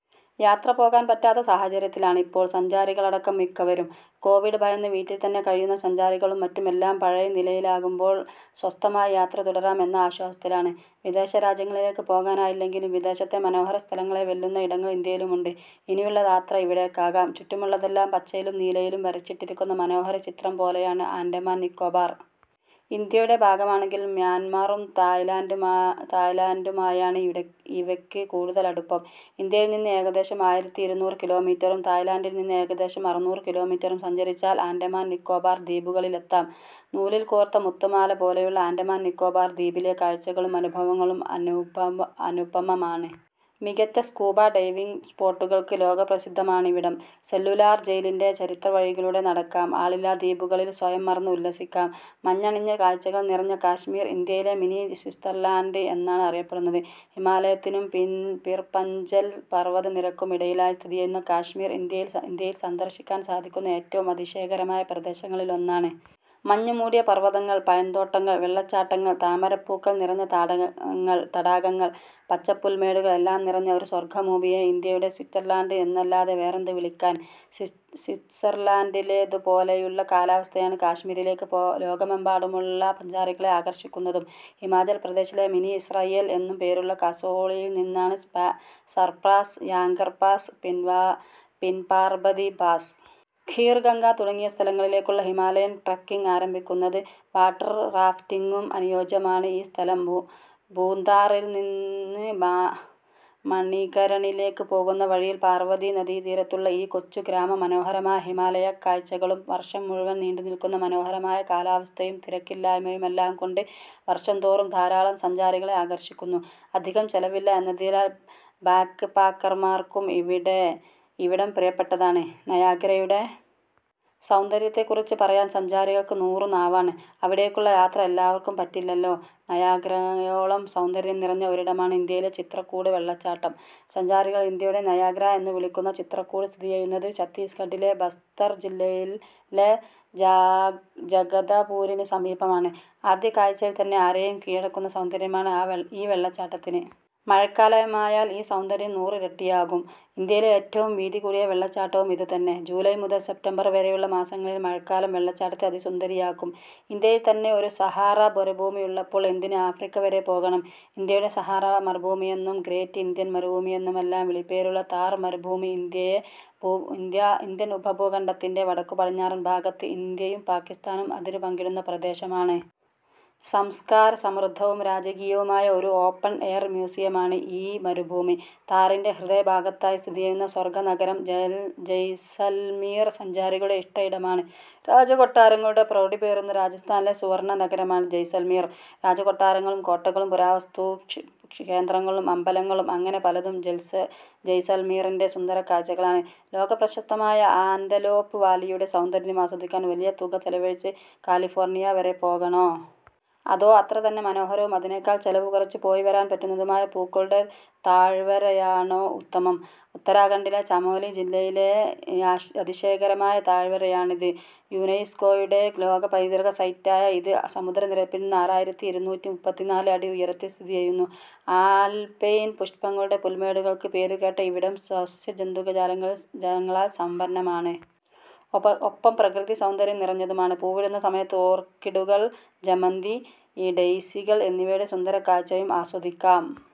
യാത്ര പോകാൻ പറ്റാത്ത സാഹചര്യത്തിലാണിപ്പോൾ സഞ്ചാരികളടക്കം മിക്കവരും. കോവിഡ് ഭയന്ന് വീട്ടിൽത്തന്നെ കഴിയുന്ന സഞ്ചാരികളും മറ്റും എല്ലാം പഴയനിലയിലാകുമ്പോൾ സ്വസ്ഥമായി യാത്ര തുടരാം എന്ന ആശ്വാസത്തിലാണ്. വിദേശരാജ്യങ്ങളിലേക്ക് പോകാനായില്ലെങ്കിലും വിദേശത്തെ മനോഹര സ്ഥലങ്ങളെ വെല്ലുന്ന ഇടങ്ങൾ ഇന്ത്യയിലുമുണ്ട്. ഇനിയുള്ള യാത്ര ഇവിടേക്കാകാം. ചുറ്റുമുള്ളതെല്ലാം പച്ചയിലും നീലയിലും വരച്ചിട്ടിരിക്കുന്ന മനോഹര ചിത്രം പോലെയാണ് ആൻഡമാൻ നിക്കോബാർ. ഇന്ത്യയുടെ ഭാഗമാണെങ്കിലും മ്യാൻമറും തായ്‌ലൻഡുമായാണ് ഇവയ്ക്ക് കൂടുതൽ അടുപ്പം. ഇന്ത്യയിൽ നിന്ന് ഏകദേശം ആയിരത്തി ഇരുന്നൂറ് കിലോമീറ്ററും തായ്‌ലൻഡിൽ നിന്ന് ഏകദേശം അറുനൂറ് കിലോമീറ്ററും സഞ്ചരിച്ചാൽ ആൻഡമാൻ നിക്കോബാർ ദ്വീപുകളിൽ എത്താം. നൂലിൽ കോർത്ത മുത്തുമാല പോലെയുള്ള ആൻഡമാൻ നിക്കോബാർ ദ്വീപിലെ കാഴ്ചകളും അനുഭവങ്ങളും അനുപമമാണ്. മികച്ച സ്കൂബ ഡൈവിങ് സ്പോട്ടുകൾക്ക് ലോകപ്രസിദ്ധമാണിവിടം. സെല്ലുലാർ ജയിലിൻറെ ചരിത്രവഴികളിലൂടെ നടക്കാം. ആളില്ലാ ദ്വീപുകളിൽ സ്വയം മറന്ന് ഉല്ലസിക്കാം. മഞ്ഞണിഞ്ഞ കാഴ്ചകൾ നിറഞ്ഞ കശ്മീർ ഇന്ത്യയിലെ മിനി സ്വിറ്റ്സർലൻഡ് എന്നാണ് അറിയപ്പെടുന്നത്. ഹിമാലയത്തിനും പിർ പഞ്ചൽ പർവതനിരയ്ക്കും ഇടയിലായി സ്ഥിതി ചെയ്യുന്ന കശ്മീർ ഇന്ത്യയിൽ സന്ദർശിക്കാൻ സാധിക്കുന്ന ഏറ്റവും അതിശയകരമായ പ്രദേശങ്ങളിലൊന്നാണ്. മഞ്ഞുമൂടിയ പർവതങ്ങൾ. പഴത്തോട്ടങ്ങൾ. വെള്ളച്ചാട്ടങ്ങൾ. താമരപ്പൂക്കൾ നിറഞ്ഞ തഡകങ്ങൾ തടാകങ്ങൾ. പച്ചപ്പുൽമേടുകൾ. എല്ലാം നിറഞ്ഞ ഈ സ്വർഗഭൂമിയെ ഇന്ത്യയുടെ സ്വിറ്റ്സർലൻഡ് എന്നല്ലാതെ വേറെന്ത് വിളിക്കാൻ. സ്വിറ്റ്സർലൻഡിലേതുപോലെയുള്ള കാലാവസ്ഥയാണ് കശ്മീരിലേക്ക് ലോകമെമ്പാടുമുള്ള സഞ്ചാരികളെ ആകർഷിക്കുന്നതും. ഹിമാചൽ പ്രദേശിലെ മിനി ഇസ്രയേൽ എന്നും പേരുള്ള കസോളിൽനിന്നാണ് സർപാസ്. യാങ്കർ പാസ്. പിൻപാർബതി പാസ്. ഖീർഗംഗ തുടങ്ങിയ സ്ഥലങ്ങളിലേക്കുള്ള ഹിമാലയൻ ട്രെക്കിങ് ആരംഭിക്കുന്നത്. വാട്ടർ റാഫ്റ്റിങ്ങിനും അനുയോജ്യമാണ് ഈ സ്ഥലം. ഭുന്താറിൽനിന്ന് മണികരണിലേക്ക് പോകുന്ന വഴിയിൽ പാർവതി നദീതീരത്തുള്ള ഈ കൊച്ചുഗ്രാമം മനോഹരമായ ഹിമാലയക്കാഴ്ചകളും വർഷം മുഴുവൻ നീണ്ടുനിൽക്കുന്ന മനോഹരമായ കാലാവസ്ഥയും തിരക്കില്ലായ്മയുമെല്ലാം കൊണ്ട് വർഷംതോറും ധാരാളം സഞ്ചാരികളെ ആകർഷിക്കുന്നു. അധികം ചെലവില്ല എന്നതിനാൽ ബാക്ക്പാക്കർമാർക്കും ഇവിടം പ്രിയപ്പെട്ടതാണ്. നയാഗ്രയുടെ സൗന്ദര്യത്തെക്കുറിച്ച് പറയാൻ സഞ്ചാരികൾക്ക് നൂറുനാവാണ്. അവിടേക്കുള്ള യാത്ര എല്ലാവർക്കും പറ്റില്ലല്ലോ. നയാഗ്രയോളം സൗന്ദര്യം നിറഞ്ഞ ഒരിടമാണ് ഇന്ത്യയിലെ ചിത്രകൂട് വെള്ളച്ചാട്ടം. സഞ്ചാരികൾ ഇന്ത്യയുടെ നയാഗ്ര എന്നു വിളിക്കുന്ന ചിത്രകൂട് സ്ഥിതി ചെയ്യുന്നത് ഛത്തീസ്ഗഢിലെ ബസ്തർ ജില്ലയിലെ ജ ഗ്ഗ ജഗദൽപുരിന് സമീപമാണ്. ആദ്യകാഴ്ചയിൽത്തന്നെ ആരെയും കീഴടക്കുന്ന സൗന്ദര്യമാണ് ഈ വെള്ളച്ചാട്ടത്തിന്. മഴക്കാലമായാൽ ഈ സൗന്ദര്യം നൂറിരട്ടിയാകും. ഇന്ത്യയിലെ ഏറ്റവും വീതികൂടിയ വെള്ളച്ചാട്ടവും ഇതുതന്നെ. ജൂലൈ മുതൽ സെപ്റ്റംബർ വരെയുള്ള മാസങ്ങളിലെ മഴക്കാലം വെള്ളച്ചാട്ടത്തെ അതിസുന്ദരിയാക്കും. ഇന്ത്യയിൽത്തന്നെ ഒരു സഹാറ മരുഭൂമിയുള്ളപ്പോൾ എന്തിന് ആഫ്രിക്ക വരെ പോകണം. ഇന്ത്യയുടെ സഹാറ മരുഭൂമിയെന്നും ഗ്രേറ്റ് ഇന്ത്യൻ മരുഭൂമിയെന്നുമെല്ലാം വിളിപ്പേരുള്ള താർ മരുഭൂമി ഇന്ത്യൻ ഉപഭൂഖണ്ഡത്തിൻറെ വടക്കുപടിഞ്ഞാറൻ ഭാഗത്ത് ഇന്ത്യയും പാക്കിസ്ഥാനും അതിരു പങ്കിടുന്ന പ്രദേശമാണ്. സംസ്കാരസമൃദ്ധവും രാജകീയവുമായ ഒരു ഓപ്പൺ എയർ മ്യൂസിയമാണ് ഈ മരുഭൂമി. താറിൻറെ ഹൃദയഭാഗത്തായി സ്ഥിതിചെയ്യുന്ന സ്വർഗനഗരം ജയ്‌സൽമീർ സഞ്ചാരികളുടെ ഇഷ്ടയിടമാണ്. രാജകൊട്ടാരങ്ങളുടെ പ്രൗഢി പേറുന്ന രാജസ്ഥാനിലെ സുവർണനഗരമാണ് ജയ്‌സൽമീർ. രാജകൊട്ടാരങ്ങളും കോട്ടകളും പുരാവസ്തുകേന്ദ്രങ്ങളും അമ്പലങ്ങളും അങ്ങനെ പലതും ജയ്‌സൽമീറിൻറെ സുന്ദരകാഴ്ചകളാണ്. ലോകപ്രശസ്തമായ ആന്റലോപ് വാലിയുടെ സൗന്ദര്യം ആസ്വദിക്കാൻ വലിയ തുക ചെലവഴിച്ച് കാലിഫോർണിയ വരെ പോകണോ. അതോ അത്രതന്നെ മനോഹരവും അതിനേക്കാൾ ചെലവുകുറച്ച് പോയിവരാൻ പറ്റുന്നതുമായ പൂക്കളുടെ താഴ്വരയാണോ ഉത്തമം. ഉത്തരാഖണ്ഡിലെ ചമോലി ജില്ലയിലെ അതിശയകരമായ താഴ്വരയാണിത്. യുനെസ്കോയുടെ ലോക പൈതൃക സൈറ്റായ ഇത് സമുദ്രനിരപ്പിൽനിന്ന് ആറായിരത്തി ഇരുന്നൂറ്റി മുപ്പത്തിനാല് അടി ഉയരത്തിൽ സ്ഥിതി ചെയ്യുന്നു. ആൽപൈൻ പുഷ്പങ്ങളുടെ പുൽമേടുകൾക്ക് പേരുകേട്ട ഇവിടം സസ്യജന്തുജാലങ്ങളാൽ സമ്പന്നമാണ്. ഒപ്പം പ്രകൃതിസൗന്ദര്യം നിറഞ്ഞതുമാണ്. പൂവിടുന്ന സമയത്ത് ഓർക്കിഡുകൾ. ജമന്തി. ഡെയ്സികൾ എന്നിവയുടെ സുന്ദരകാഴ്ചയും ആസ്വദിക്കാം.